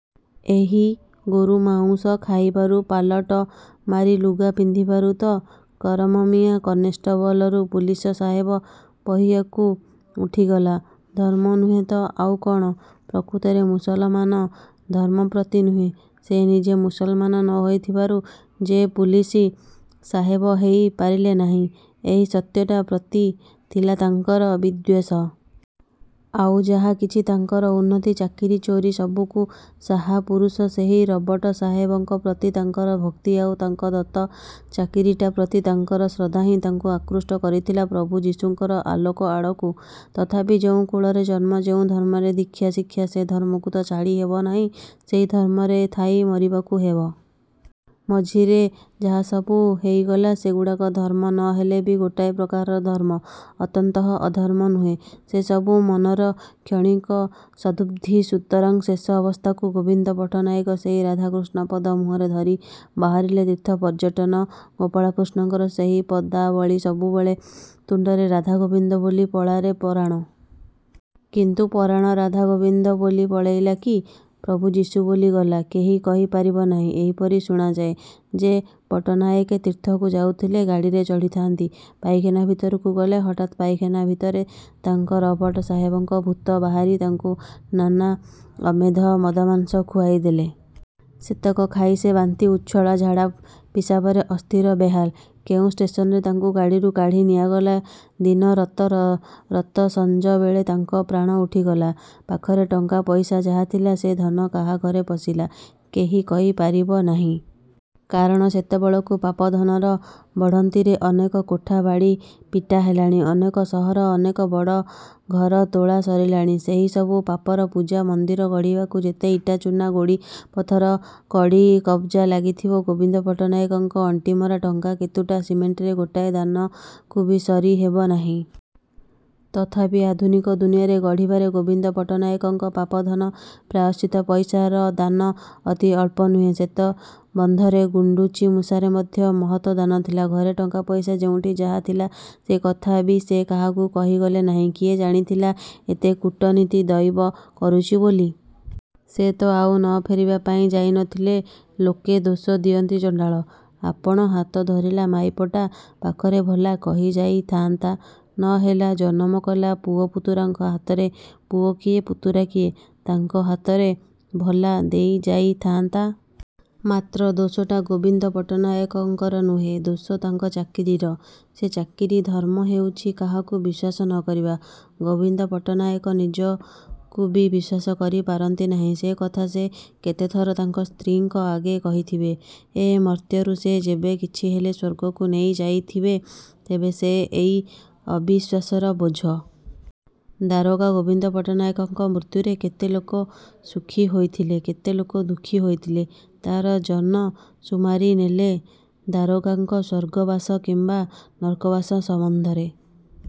ଏହି ଗୋରୁ ମାଉଁସ ଖାଇବାରୁ; ପାଲଟ ମାରି ଲୁଗା ପିନ୍ଧିବାରୁ ତ କରମ ମିଆଁ କନେଷ୍ଟବଲରୁ ପୁଲିସ ସାହେବ ପାହିଆକୁ ଉଠିଗଲା। ଧର୍ମ ନୁହେଁ ତ ଆଉ କ'ଣ? ପ୍ରକୃତରେ ମୁସଲମାନ ଧର୍ମ ପ୍ରତି ନୁହେଁ, ସେ ନିଜେ ମୁସଲମାନ ନ ହୋଇଥିବାରୁ ଯେ ପୁଲିସ ସାହେବ ହେଇ ପାରିଲେ ନାହିଁ, ଏହି ସତ୍ୟଟା ପ୍ରତି ଥିଲା ତାଙ୍କର ବିଦ୍ୱେଷ। ଆଉ ଯାହା କିଛି ତାଙ୍କର ଉନ୍ନତି, ଚାକିରି, ଚୋରି ସବୁକୁ ସାହା ପୁରୁଷ ସେହି ରବଟ ସାହେବଙ୍କ ପ୍ରତି ତାଙ୍କର ଭକ୍ତି ଆଉ ତାଙ୍କ ଦତ୍ତ ଚାକିରିଟା ପ୍ରତି ତାଙ୍କର ଶ୍ରଦ୍ଧାହିଁ ତାଙ୍କୁ ଆକୃଷ୍ଟ କରିଥିଲା ପ୍ରଭୁ ଯିଶୁଙ୍କର ଆଲୋକ ଆଡ଼କୁ। ତଥାପି ଯେଉଁ କୁଳରେ ଜନ୍ମ ଯେଉଁ ଧର୍ମରେ ଦୀକ୍ଷା ଶିକ୍ଷା ସେ ଧର୍ମକୁ ତ ଛାଡ଼ି ହେବ ନାହିଁ ସେଇ ଧର୍ମରେ ଥାଇ ମରିବାକୁ ହେବ। ମଝିରେ ଯାହାସବୁ ହେଇଗଲା, ସେଗୁଡ଼ାକ ଧର୍ମ ନ ହେଲେବି ଗୋଟାଏ ପ୍ରକାରର ଧର୍ମ ଅନ୍ତତଃ ଅଧର୍ମ ନୁହେଁ। ସେ ସବୁ ମନର କ୍ଷଣିକ ସଦ୍ବୁଦ୍ଧି। ସୁତରାଂ ଶେଷ ଅବସ୍ଥାକୁ ଗୋବିନ୍ଦ ପଟ୍ଟନାୟକ ସେଇ ରାଧାକୃଷ୍ଣ ପଦ ମୁହଁରେ ଧରି ବାହାରିଲେ ତୀର୍ଥ ପର୍ଯ୍ୟଟନ। ଗୋପାଳକୃଷ୍ଣଙ୍କର ସେଇ ପଦାବଳୀ ସବୁବେଳେ ତୁଣ୍ଡରେ''ରାଧା ଗୋବିନ୍ଦ ବୋଲି ପଳାରେ ପରାଣ। କିନ୍ତୁ ପରାଣ ରାଧା ଗୋବିନ୍ଦ ବୋଲି ପଳେଇଲା କି ପ୍ରଭୁ ଯିଶୁ ବୋଲି ଗଲା କେହି କହି ପାରିବ ନାହିଁ। ଏହିପରି ଶୁଣାଯାଏ ଯେ ପଟ୍ଟନାଏକେ ତୀର୍ଥକୁ ଯାଉଥିଲେ। ଗାଡ଼ିରେ ଚଢ଼ିଥାନ୍ତି। ପାଇଖାନା ଭିତରକୁ ଗଲେ। ହଠାତ ପାଇଖାନା ଭିତରେ ତାଙ୍କ ରବଟ ସାହେବଙ୍କ ଭୂତ ବାହାରି ତାଙ୍କୁ ନାନା ଅମେଧ୍ୟ ମଦମାଂସ ଖୁଆଇ ଦେଲେ। ସେତେକ ଖାଇ ସେ ବାନ୍ତି ଉଚ୍ଛଳା, ଝାଡ଼ା ପିସାବରେ ଅସ୍ଥିର ବେହାଲ୍। କେଉଁ ଷ୍ଟେସନରେ ତାଙ୍କୁ ଗାଡ଼ିରୁ କାଢ଼ି ନିଆଗଲା। ଦିନ ରତ ରତ ସଞ୍ଜବେଳେ ତାଙ୍କ ପ୍ରାଣ ଉଠିଗଲା। ପାଖରେ ଟଙ୍କାପଇସା ଯାହାଥିଲା ସେ ଧନ କାହାଘରେ ପଶିଲା କେହି କହି ପାରିବ ନାହିଁ। କାରଣ ସେତେବେଳକୁ ପାପ ଧନର ବଢ଼ନ୍ତିରେ ଅନେକ କୋଠା ବାଡ଼ି ପିଟା ହେଲାଣି। ଅନେକ ସହର, ଅନେକ ବଡ଼ଘର ତୋଳା ସରିଲାଣି। ସେଇ ସବୁ ପାପର ପୂଜା ମନ୍ଦିର ଗଢ଼ିବାକୁ ଯେତେ ଇଟା ଚୂନ ଗୋଡ଼ି ପଥର କଡ଼ି କବ୍ଜା ଲାଗିଥିବ ଗୋବିନ୍ଦ ପଟ୍ଟନାୟକଙ୍କ ଅଣ୍ଟିମରା ଟଙ୍କା କେତୁଟା ସିମେଣ୍ଟର ଗୋଟାଏ ଦାନକୁବି ସରିହେବ ନାହିଁ। ତଥାପି ଆଧୁନିକ ଦୁନିଆରେ ଗଢ଼ିବାରେ ଗୋବିନ୍ଦ ପଟ୍ଟନାଏକଙ୍କ ପାପ ଧନ ପ୍ରାୟଶ୍ଚିତ୍ତ ପଇସାର ଦାନ ଅତି ଅଳ୍ପ ନୁହେଁ। ସେତବନ୍ଧରେ ଗୁଣ୍ଡୁଚିମୂଷାରେ ମଧ୍ୟ ମହତ୍ ଦାନ ଥିଲା। ଘରେ ଟଙ୍କାପଇସା ଯେଉଁଠି ଯାହା ଥିଲା ସେ କଥାବି ସେ କାହାକୁ କହିଗଲେ ନାହିଁ। କିଏ ଜାଣିଥିଲା ଏତେ କୂଟନୀତି ଦଇବ କରୁଚି ବୋଲି? ସେ ତ ଆଉ ନ ଫେରିବାପାଇଁ ଯାଇ ନଥିଲେ। ଲୋକେ ଦୋଷ ଦିଅନ୍ତି ଚଣ୍ଡାଳ, ଆପଣ ହାତ ଧରିଲା ମାଇପଟା ପାଖରେ ଭଲା କହି ଯାଇଥାନ୍ତା। ନ ହେଲା ଜନମ କଲା ପୁଅ ପୁତୁରାଙ୍କ ହାତରେ ପୁଅ କିଏ ପୁତୁରା କିଏ ତାଙ୍କ ହାତରେ ଭଲା ଦେଇଯାଇଥାନ୍ତା! ମାତ୍ର ଦୋଷଟା ଗୋବିନ୍ଦ ପଟ୍ଟନାହାକଙ୍କର ନୁହେଁ ଦୋଷ ତାଙ୍କ ଚାକିରିର। ସେ ଚାକିରି ଧର୍ମ ହେଉଚି କାହାକୁ ବିଶ୍ୱାସ ନ କରିବା। ଗୋବିନ୍ଦ ପଟ୍ଟନାୟକ ନିଜକୁବି ବିଶ୍ୱାସ କରିପାରନ୍ତି ନାହିଁ। ସେ କଥା ସେ କେତେଥର ତାଙ୍କ ସ୍ତ୍ରୀଙ୍କ ଆଗେ କହିଥିବେ। ଏ ମର୍ତ୍ତ୍ୟରୁ ସେ ଯେବେ କିଛି ହେଲେ ସ୍ୱର୍ଗକୁ ନେଇ ଯାଇଥିବେ, ତେବେ ସେ ଏଇ ଅବିଶ୍ୱାସର ବୋଝ। ଦାରୋଗା ଗୋବିନ୍ଦ ପଟ୍ଟନାୟକଙ୍କ ମୃତ୍ୟୁରେ କେତେ ଲୋକ ସୁଖୀ ହୋଇଥିଲେ, କେତେ ଲୋକ ଦୁଃଖୀ ହୋଇଥିଲେ ତା'ର ଜନସୁମାରି ନେଲେ ଦାରୋଗାଙ୍କ ସ୍ୱର୍ଗବାସ କିମ୍ୱା ନର୍କବାସ ସମ୍ୱନ୍ଧରେ